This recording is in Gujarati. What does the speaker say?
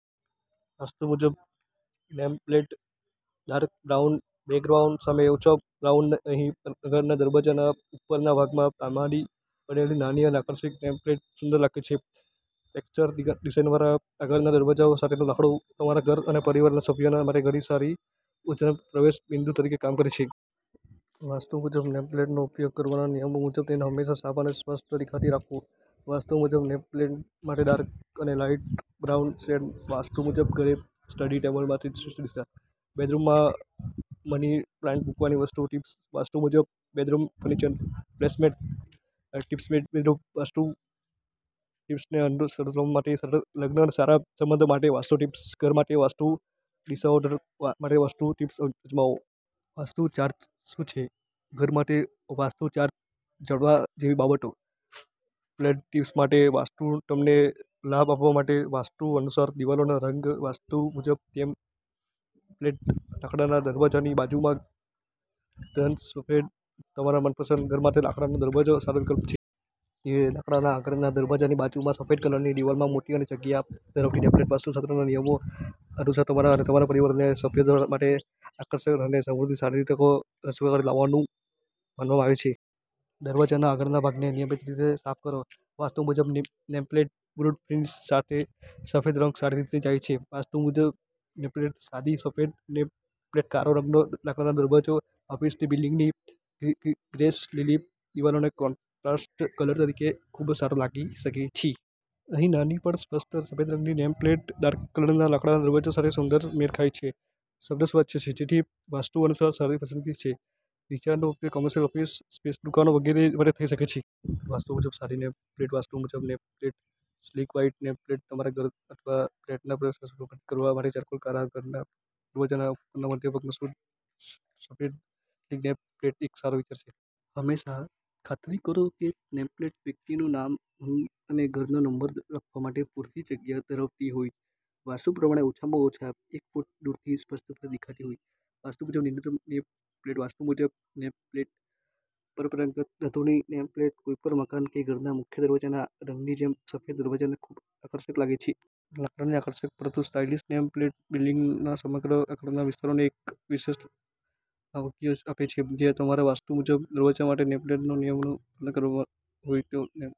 વાસ્તુ મુજબ name plate dark brown background સામે આછો બ્રાઉન અહીં આગળના દરવાજાના ઉપરના ભાગમાં તાંબાની બનેલી નાની અને આકર્ષક નેમપ્લેટ સુંદર લાગે છે. ટેક્ષ્ચર ડિઝાઇનવાળા આગળના દરવાજા સાથેનું લાકડું તમારા ઘર અને પરિવારના સભ્યો માટે ઘણી સારી ઊર્જાના પ્રવેશ બિંદુ તરીકે કામ કરે છે. વાસ્તુ મુજબ નેમ પ્લેટનો ઉપયોગ કરવાના નિયમો મુજબ તેને હંમેશા સાફ અને સ્પષ્ટ દેખાતી રાખો. વાસ્તુ મુજબ નેમ પ્લેટ માટે ડાર્ક અને લાઇટ બ્રાઉન શેડ્સ વાસ્તુ મુજબ ઘરે સ્ટડી ટેબલ માટે શ્રેષ્ઠ દિશા, બેડરૂમમાં મની પ્લાન્ટ મૂકવાની વાસ્તુ ટિપ્સ, વાસ્તુ મુજબ bedroom furniture placement tips bedroom vastu ટિપ્સને અનુસરવા માટે સરળ, લગ્ન અને સારા સંબંધો માટે વાસ્તુ ટિપ્સ, ઘર માટે વાસ્તુ દિશાઓઘર માટેવાસ્તુ ટિપ્સ અજમાવો!, વાસ્તુ ચાર્ટ શું છે? ઘર માટે વાસ્તુ ચાર્ટ. જાણવા જેવી બાબતો., ફ્લેટ ટિપ્સ માટે વાસ્તુતમને લાભ આપવા માટે, વાસ્તુ અનુસાર દિવાલોના રંગો, વાસ્તુ મુજબ નેમ પ્લેટઃ લાકડાના દરવાજાની બાજુમાં ઘન સફેદ તમારા મનપસંદ ઘર માટે લાકડાનો દરવાજો સારો વિકલ્પ છે. તે લાકડાના આગળના દરવાજાની બાજુમાં સફેદ કલરની દીવાલમાં મોટી અને જગ્યા ધરાવતી નેમપ્લેટ, વાસ્તુશાસ્ત્રના નિયમો અનુસાર, તમારા અને તમારા પરિવારના સભ્યો માટે આકર્ષણ અને સમૃદ્ધિ, સારી તકો અને સુખાકારી લાવવાનું માનવામાં આવે છે. દરવાજાના આગળના ભાગને નિયમિત રીતે સાફ કરો. વાસ્તુ મુજબ નેમ પ્લેટઃ વુડ-ફિનિશ સાથે સફેદ રંગ સારી રીતે જાય છેવાસ્તુ મુજબ નેમ પ્લેટઃ સાદી સફેદ નેમ પ્લેટ કાળો રંગનો લાકડાનો દરવાજો ઓફિસ બિલ્ડિંગની ગ્રેશ લીલી દિવાલોના કોન્ટ્રાસ્ટ કલર તરીકે ખૂબસારો લાગી શકે છે. અહીં નાની પણ સ્પષ્ટ સફેદ રંગની નેમ પ્લેટ ડાર્ક કલરના લાકડાના દરવાજા સાથે સુંદર રીતે મેળ ખાય છે. શબ્દો સુવાચ્ય છે, તેથી વાસ્તુ અનુસાર સારી પસંદગી છે. વિચારનો ઉપયોગ કોમર્શિયલઓફિસ સ્પેસદુકાનો વગેરે માટે થઈ શકે છે. વાસ્તુ મુજબ સાદી નેમ પ્લેટવાસ્તુ મુજબ name plate sleek white name plate તમારા ઘર અથવા ફ્લેટના પ્રવેશદ્વારને સુશોભિત કરવા માટે ચારકોલ કાળા આગળના દરવાજાના ઉપરના મધ્ય ભાગમાં શુદ્ધ સફેદ સ્લીક નેમ પ્લેટ એક સારો વિચાર છે. હંમેશા ખાતરી કરો કે નેમપ્લેટ વ્યક્તિનું નામ અને ઘરનો નંબર લખવા માટે પૂરતી જગ્યા ધરાવતી હોય અને વાસ્તુ પ્રમાણે ઓછામાં ઓછા એક ફૂટ દૂરથી સ્પષ્ટપણે દેખાતી હોય. વાસ્તુ મુજબ ન્યૂનતમ નેમ પ્લેટવાસ્તુ મુજબ નેમ પ્લેટઃ પરંપરાગત ધાતુની નેમ પ્લેટ કોઈપણ મકાન કે ઘરના મુખ્ય દરવાજાના રંગની જેમ સફેદ દરવાજો ખૂબઆકર્ષક લાગે છે. લાકડાની આકર્ષક પરંતુ સ્ટાઇલિશ નેમ પ્લેટ બિલ્ડિંગનાસમગ્ર આગળના વિસ્તારને એક વિશેષ લાવણ્ય આપે છે. જો તમારે વાસ્તુ મુજબ દરવાજા માટે નેમ પ્લેટના નિયમોનું પાલન કરવું હોય તો નેમ